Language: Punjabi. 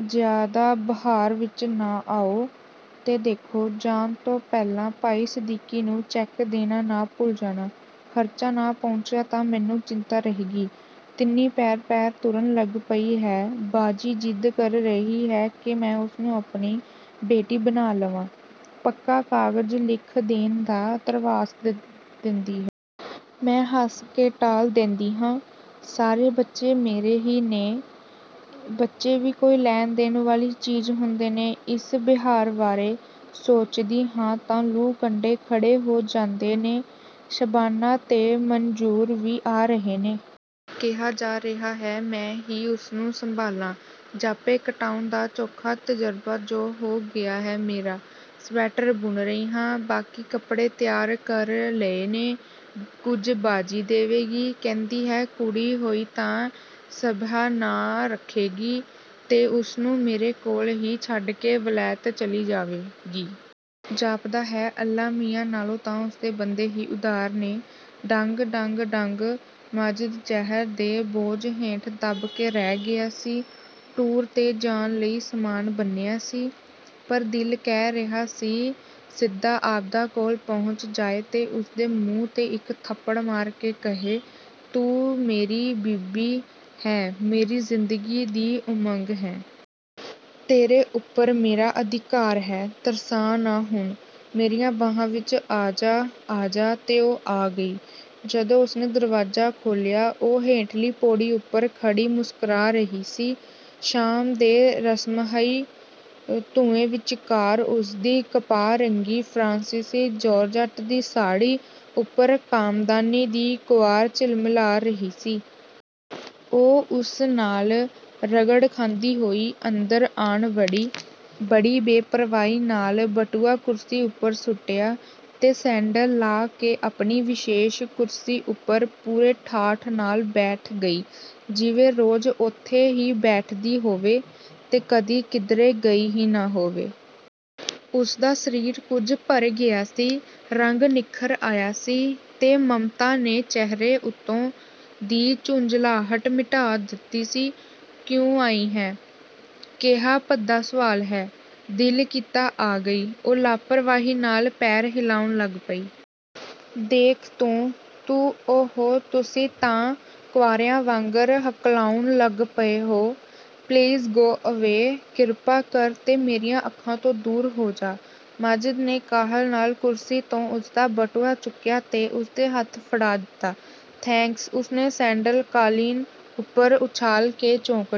"ਜ਼ਿਆਦਾ ਬਹਾਰ ਵਿੱਚ ਨਾ ਆਓ; ਤੇ ਦੇਖੋ, ਜਾਣ ਤੋਂ ਪਹਿਲਾਂ ਭਾਈ ਸਦੀਕੀ ਨੂੰ ਚੈੱਕ ਦੇਣਾ ਨਾ ਭੁੱਲ ਜਾਣਾ, ਖਰਚਾ ਨਾ ਪਹੁੰਚਿਆ ਤਾਂ ਮੈਨੂੰ ਚਿੰਤਾ ਰਹੇਗੀ। ਤਿੰਨੀ, ਪੈਰ-ਪੈਰ ਤੁਰਨ ਲੱਗ ਪਈ ਹੈ। ਬਾਜੀ ਜ਼ਿੱਦ ਕਰ ਰਹੀ ਹੈ ਕਿ ਮੈਂ ਉਸਨੂੰ ਆਪਣੀ ਬੇਟੀ ਬਣਾ ਲਵਾਂ- ਪੱਕਾ ਕਾਗਜ਼ ਲਿਖ ਦੇਣ ਦਾ ਧਰਵਾਸ ਦਿੰਦੀ ਹੈ। ਮੈਂ ਹੱਸ ਕੇ ਟਾਲ ਦੇਂਦੀ ਹਾਂ, ਸਾਰੇ ਬੱਚੇ ਮੇਰੇ ਹੀ ਨੇ। ਬੱਚੇ ਵੀ ਕੋਈ ਲੈਣ-ਦੇਣ ਵਾਲੀ ਚੀਜ਼ ਹੁੰਦੇ ਨੇ! ਇਸ ਵਿਹਾਰ ਬਾਰੇ ਸੋਚਦੀ ਹਾਂ ਤਾਂ ਲੂੰ-ਕੰਡੇ ਖੜ੍ਹੇ ਹੋ ਜਾਂਦੇ ਨੇ। ਸ਼ਬਾਨਾ ਤੇ ਮੰਜ਼ੂਰ ਵੀ ਆ ਰਹੇ ਨੇ। ਕਿਹਾ ਜਾ ਰਿਹਾ ਹੈ, ਮੈਂ ਹੀ ਉਸਨੂੰ ਸੰਭਾਲਾਂ, ਜਾਪੇ ਕਟਾਉਣ ਦਾ ਚੋਖਾ ਤਜ਼ੁਰਬਾ ਜੋ ਹੋ ਗਿਆ ਹੈ ਮੇਰਾ। ਸਵੈਟਰ ਬੁਣ ਰਹੀ ਹਾਂ। ਬਾਕੀ ਕੱਪੜੇ ਤਿਆਰ ਕਰ ਲਏ ਨੇ। ਕੁਝ ਬਾਜੀ ਦੇਵੇਗੀ। ਕਹਿੰਦੀ ਹੈ, ਕੁੜੀ ਹੋਈ ਤਾਂ ਸਬਿਹਾ ਨਾਂ ਰੱਖੇਗੀ ਤੇ ਉਸਨੂੰ ਮੇਰੇ ਕੋਲ ਹੀ ਛੱਡ ਕੇ ਵਲਾਇਤ ਚਲੀ ਜਾਏਗੀ। ਜਾਪਦਾ ਹੈ, ਅੱਲਾ ਮੀਆਂ ਨਾਲੋਂ ਤਾਂ ਉਸਦੇ ਬੰਦੇ ਹੀ ਉਦਾਰ ਨੇ।" ਡੰਗ, ਡੰਗ, ਡੰਗ--ਮਾਜਿਦ ਜ਼ਹਿਰ ਦੇ ਬੋਝ ਹੇਠ ਦਬ ਕੇ ਰਹਿ ਗਿਆ ਸੀ। ਟੂਰ 'ਤੇ ਜਾਣ ਲਈ ਸਾਮਾਨ ਬੰਨ੍ਹਿਆ ਸੀ, ਪਰ ਦਿਲ ਕਹਿ ਰਿਹਾ ਸੀ, ਸਿੱਧਾ ਆਬਿਦਾ ਕੋਲ ਪਹੁੰਚ ਜਾਏ ਤੇ ਉਸਦੇ ਮੂੰਹ 'ਤੇ ਇੱਕ ਥੱਪੜ ਮਾਰ ਕੇ ਕਹੇ, ਤੂੰ ਮੇਰੀ ਬੀਵੀ ਹੈਂ, ਮੇਰੀ ਜ਼ਿੰਦਗੀ ਦੀ ਉਮੰਗ ਹੈਂ। ਤੇਰੇ ਉੱਪਰ ਮੇਰਾ ਅਧਿਕਾਰ ਹੈ। ਤਰਸਾ ਨਾ, ਹੁਣ ਮੇਰੀਆਂ ਬਾਹਾਂ ਵਿੱਚ ਆ ਜਾ, ਆ ਜਾ। ਤੇ ਉਹ ਆ ਗਈ। ਜਦੋਂ ਉਸਨੇ ਦਰਵਾਜ਼ਾ ਖੋਲ੍ਹਿਆ, ਉਹ ਹੇਠਲੀ ਪੌੜੀ ਉੱਪਰ ਖੜ੍ਹੀ ਮੁਸਕਰਾ ਰਹੀ ਸੀ। ਸ਼ਾਮ ਦੇ ਰਹੱਸਮਈ ਧੂੰਏਂ ਵਿੱਚਕਾਰ ਉਸਦੀ ਕਪਾਹ-ਰੰਗੀ ਫਰਾਂਸੀਸੀ ਜਾਰਜੈਟ ਦੀ ਸਾੜ੍ਹੀ ਉੱਪਰ ਕਾਮਦਾਨੀ ਦੀ ਕੁਆਰ ਝਿਲਮਿਲਾ ਰਹੀ ਸੀ। ਉਹ ਉਸ ਨਾਲ ਰਗੜ ਖਾਂਦੀ ਹੋਈ ਅੰਦਰ ਆਣ ਵੜੀ। ਬੜੀ ਬੇਪ੍ਰਵਾਹੀ ਨਾਲ ਬਟੂਆ ਕੁਰਸੀ ਉੱਤੇ ਸੁੱਟਿਆ ਤੇ ਸੈਂਡਲ ਲਾਹ ਕੇ ਆਪਣੀ ਵਿਸ਼ੇਸ਼ ਕੁਰਸੀ ਉੱਪਰ ਪੂਰੇ ਠਾਠ ਨਾਲ ਬੈਠ ਗਈ। ਜਿਵੇਂ ਰੋਜ਼ ਉੱਥੇ ਹੀ ਬੈਠਦੀ ਹੋਵੇ ਤੇ ਕਦੇ ਕਿਧਰੇ ਗਈ ਹੀ ਨਾ ਹੋਵੇ। ਉਸਦਾ ਸਰੀਰ ਕੁਝ ਭਰ ਗਿਆ ਸੀ; ਰੰਗ ਨਿੱਖਰ ਆਇਆ ਸੀ ਤੇ ਮਮਤਾ ਨੇ ਚਿਹਰੇ ਉੱਤੋਂ ਦੀ ਝੁੰਜਲਾਹਟ ਮਿਟਾ ਦਿੱਤੀ ਸੀ। "ਕਿਉਂ ਆਈ ਹੈਂ?" "ਕਿਹਾ ਭੱਦਾ ਸਵਾਲ ਹੈ! ਦਿਲ ਕੀਤਾ ਆ ਗਈ।" ਉਹ ਲਾਪਰਵਾਹੀ ਨਾਲ ਪੈਰ ਹਿਲਾਉਣ ਲੱਗ ਪਈ। "ਦੇਖ, ਤੂੰ, ਤੂੰ!" "ਓ-ਹੋ, ਤੁਸੀਂ ਤਾਂ ਕੁਆਰੀਆਂ ਵਾਂਗਰ ਹਕਲਾਉਣ ਲੱਗ ਪਏ ਹੋ!" "Please go away. ਕਿਰਪਾ ਕਰ, ਤੇ ਮੇਰੀਆਂ ਅੱਖਾਂ ਤੋਂ ਦੂਰ ਹੋ ਜਾ।" ਮਾਜਿਦ ਨੇ ਕਾਹਲ ਨਾਲ ਕੁਰਸੀ ਤੋਂ ਉਸਦਾ ਬਟੂਆ ਚੁੱਕਿਆ ਤੇ ਉਸਦੇ ਹੱਥ ਫੜਾ ਦਿੱਤਾ। "ਥੈਂਕਸ," ਉਸਨੇ ਸੈਂਡਲ ਕਾਲੀਨ ਉੱਪਰ ਉਛਾਲ ਕੇ ਚੌਂਕੜੀ